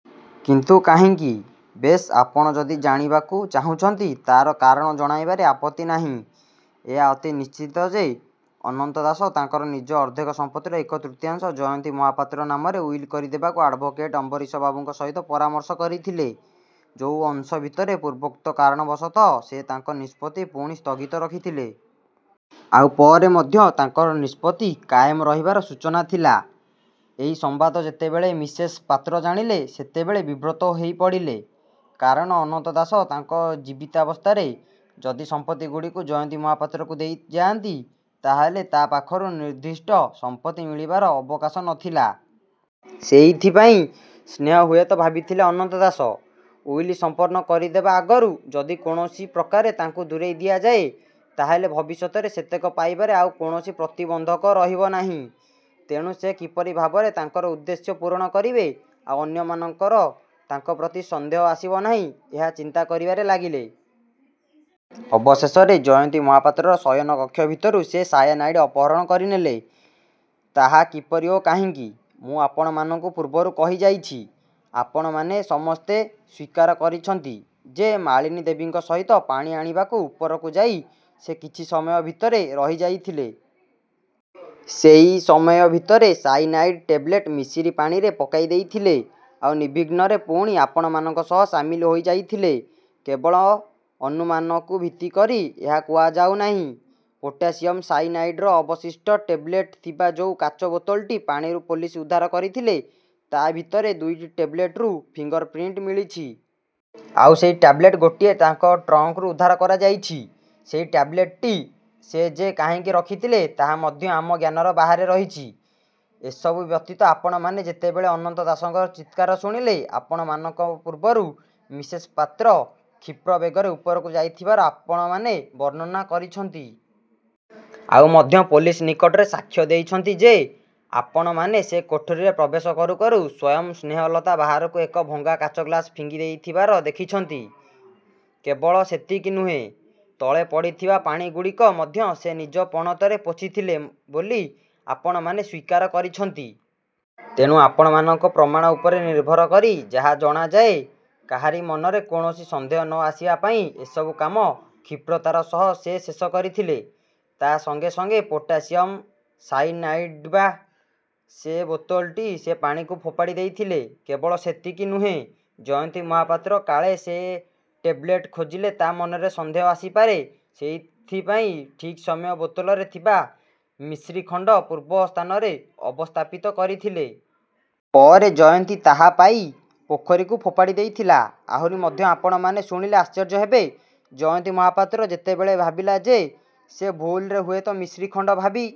' 'କିନ୍ତୁ କାହିଁକି? ' 'ବେଶ୍, ଆପଣ ଯଦି ଜାଣିବାକୁ ଚାହୁଁଛନ୍ତି, ତାର କାରଣ ଜଣାଇବାରେ ଆପତ୍ତି ନାହିଁ। ଏହା ଅତି ନିଶ୍ଚିତ ଯେ ଅନନ୍ତ ଦାସ ତାଙ୍କର ନିଜ ଅର୍ଦ୍ଧେକ ସଂପତ୍ତିର ଏକତୃତୀୟାଂଶ ଜୟନ୍ତୀ ମହାପାତ୍ର ନାମରେ ଉଇଲ୍ କରିଦେବାକୁ ଆଡ଼୍ଭୋକେଟ ଅମ୍ବରୀଶବାବୁଙ୍କ ସହିତ ପରାମର୍ଶ କରିଥିଲେ, ଯୋଉ ଅଂଶ ଭିତରେ ପୂର୍ବୋକ୍ତ କାରଣବଶତଃ ସେ ତାଙ୍କ ନିଷ୍ପତ୍ତି ପୁଣି ସ୍ଥଗିତ ରଖିଥିଲେ। ଆଉ ପରେ ମଧ୍ୟ ତାଙ୍କର ନିଷ୍ପତ୍ତି କାୟମ ରହିବାର ସୂଚନା ଥିଲା। ଏଇ ସମ୍ବାଦ ଯେତେବେଳେ ମିସେସ ପାତ୍ର ଜାଣିଲେ ସେତେବେଳେ ବିବ୍ରତ ହେଇପଡ଼ିଲେ। କାରଣ ଅନନ୍ତ ଦାସ ତାଙ୍କ ଜୀବିତାବସ୍ଥାରେ ଯଦି ସମ୍ପତ୍ତିଗୁଡ଼ିକୁ ଜୟନ୍ତୀ ମହାପାତ୍ରକୁ ଦେଇଯାଆନ୍ତି ତା'ହେଲେ ତା ପାଖରୁ ନିର୍ଦ୍ଦିଷ୍ଟ ସଂପତ୍ତି ମିଳିବାର ଅବକାଶ ନ ଥିଲା। ସେଇଥିପାଇଁ ସ୍ନେହ ହୁଏତ ଭାବିଥିଲେ ଅନନ୍ତ ଦାସ ଉଇଲ ସଂପନ୍ନ କରିଦେବା ଆଗରୁ ଯଦି କୌଣସିପ୍ରକାରେ ତାଙ୍କୁ ଦୂରେଇଦିଆଯାଏ, ତା'ହେଲେ ଭବିଷ୍ୟତରେ ସେତକ ପାଇବାରେ ଆଉ କୌଣସି ପ୍ରତିବନ୍ଧକ ରହିବ ନାହିଁ। ତେଣୁ ସେ କିପରି ଭାବରେ ତାଙ୍କର ଉଦ୍ଦେଶ୍ୟ ପୂରଣ କରିବେ, ଆଉ ଅନ୍ୟମାନଙ୍କର ତାଙ୍କ ପ୍ରତି ସନ୍ଦେହ ଆସିବ ନାହିଁ, ଏହା ଚିନ୍ତା କରିବାରେ ଲାଗିଲେ। ଅବଶେଷରେ ଜୟନ୍ତୀ ମହାପାତ୍ରର ଶୟନକକ୍ଷ ଭିତରୁ ସେ ସାୟାନାଇଡ଼୍ ଅପହରଣ କରିନେଲେ। ତାହା କିପରି ଓ କାହିଁକି, ମୁଁ ଆପଣମାନଙ୍କୁ ପୂର୍ବରୁ କହିଯାଇଛି। ଆପଣମାନେ ସମସ୍ତେ ସ୍ୱୀକାର କରିଛନ୍ତି ଯେ ମାଳିନୀ ଦେବୀଙ୍କ ସହିତ ପାଣି ଆଣିବାକୁ ଉପରକୁ ଯାଇ ସେ କିଛି ସମୟ ଭିତରେ ରହିଯାଇଥିଲେ। ସେଇ ସମୟ ଭିତରେ ସାଇନାୟଡ଼୍ ଟେବଲେଟ ମିଶିର ପାଣିରେ ପକାଇଦେଇଥିଲେ, ଆଉ ନିର୍ବିଘ୍ନରେ ପୁଣି ଆପଣମାନଙ୍କ ସହ ସାମିଲ ହୋଇଯାଇଥିଲେ। 'କେବଳ ଅନୁମାନକୁ ଭିତ୍ତି କରି ଏହା କୁହାଯାଉନାହିଁ। ପୋଟାସିୟମ ସାଇନାୟଡ଼ର ଅବଶିଷ୍ଟ ଟେବଲେଟ ଥିବା ଯୋଉ କାଚ ବୋତଲଟି ପାଣିରୁ ପୋଲିସ ଉଦ୍ଧାର କରିଥିଲେ, ତା ଭିତରେ ଦୁଇଟି ଟେବଲେଟରୁ ଫିଙ୍ଗର ପ୍ରିଣ୍ଟ ମିଳିଛି। ଆଉ ସେଇ ଟ୍ୟାବଲେଟ ଗୋଟିଏ ତାଙ୍କ ଟ୍ରଙ୍କରୁ ଉଦ୍ଧାର କରାଯାଇଛି। ସେଇ ଟ୍ୟାବଲେଟଟି ସେ ଯେ କାହିଁକି ରଖିଥିଲେ ତାହା ମଧ୍ୟ ଆମ ଜ୍ଞାନର ବାହାରେ ରହିଛି। 'ଏସବୁ ବ୍ୟତୀତ ଆପଣମାନେ ଯେତେବେଳେ ଅନନ୍ତ ଦାସଙ୍କର ଚିତ୍କାର ଶୁଣିଲେ, ଆପଣମାନଙ୍କ ପୂର୍ବରୁ ମିସେସ ପାତ୍ର କ୍ଷିପ୍ର ବେଗରେ ଉପରକୁ ଯାଇଥିବାର ଆପଣମାନେ ବର୍ଣ୍ଣନା କରିଛନ୍ତି। ଆଉ ମଧ୍ୟ ପୋଲିସ ନିକଟରେ ସାକ୍ଷ୍ୟ ଦେଇଛନ୍ତି ଯେ ଆପଣମାନେ ସେ କୋଠରିରେ ପ୍ରବେଶ କରୁ କରୁ ସ୍ୱୟଂ ସ୍ନେହଲତା ବାହାରକୁ ଏକ ଭଙ୍ଗା କାଚଗ୍ଳାସ ଫିଙ୍ଗିଦେଇଥିବାର ଦେଖିଛନ୍ତି-। କେବଳ ସେତିକି ନୁହେଁ, ତଳେ ପଡ଼ିଥିବା ପାଣିଗୁଡ଼ିକ ମଧ୍ୟ ସେ ନିଜ ପଣତରେ ପୋଛିଥିଲେ ବୋଲି ଆପଣମାନେ ସ୍ୱୀକାର କରିଛନ୍ତି। ତେଣୁ ଆପଣମାନଙ୍କ ପ୍ରମାଣ ଉପରେ ନିର୍ଭର କରି ଯାହା ଜଣାଯାଏ, କାହାରି ମନରେ କୌଣସି ସନ୍ଦେହ ନ ଆସିବା ପାଇଁ ଏସବୁ କାମ କ୍ଷିପ୍ରତାର ସହ ସେ ଶେଷ କରିଥିଲେ। ତା ସଙ୍ଗେ ସଙ୍ଗେ ପୋଟାସିଅମ ସାଇନାଇଡ଼୍ଥିବା ସେଇ ବୋତଲଟି ସେ ପାଣିକୁ ଫୋପାଡ଼ିଦେଇଥିଲେ। 'କେବଳ ସେତିକି ନୁହେଁ, ଜୟନ୍ତୀ ମହାପାତ୍ର କାଳେ ସେଇ ଟେବଲେଟ ଖୋଜିଲେ ତା'ମନରେ ସନ୍ଦେହ ଆସିପାରେ, ସେଥିପାଇଁ ଠିକ ସମାନ ବୋତଲରେ ଥିବା ମିଶ୍ରିଖଣ୍ଡ ପୂର୍ବ ସ୍ଥାନରେ ଅବସ୍ଥାପିତ କରିଥିଲେ। ପରେ ଜୟନ୍ତୀ ତାହା ପାଇ ପୋଖରୀକୁ ଫୋପାଡ଼ିଦେଇଥିଲା। 'ଆହୁରି ମଧ୍ୟ ଆପଣମାନେ ଶୁଣିଲେ ଆଶ୍ଚର୍ଯ୍ୟ ହେବେ, ଜୟନ୍ତୀ ମହାପାତ୍ର ଯେତେବେଳେ ଭାବିଲା ଯେ ସେ ଭୁଲରେ ହୁଏତ ମିଶ୍ରିଖଣ୍ଡ ଭାବି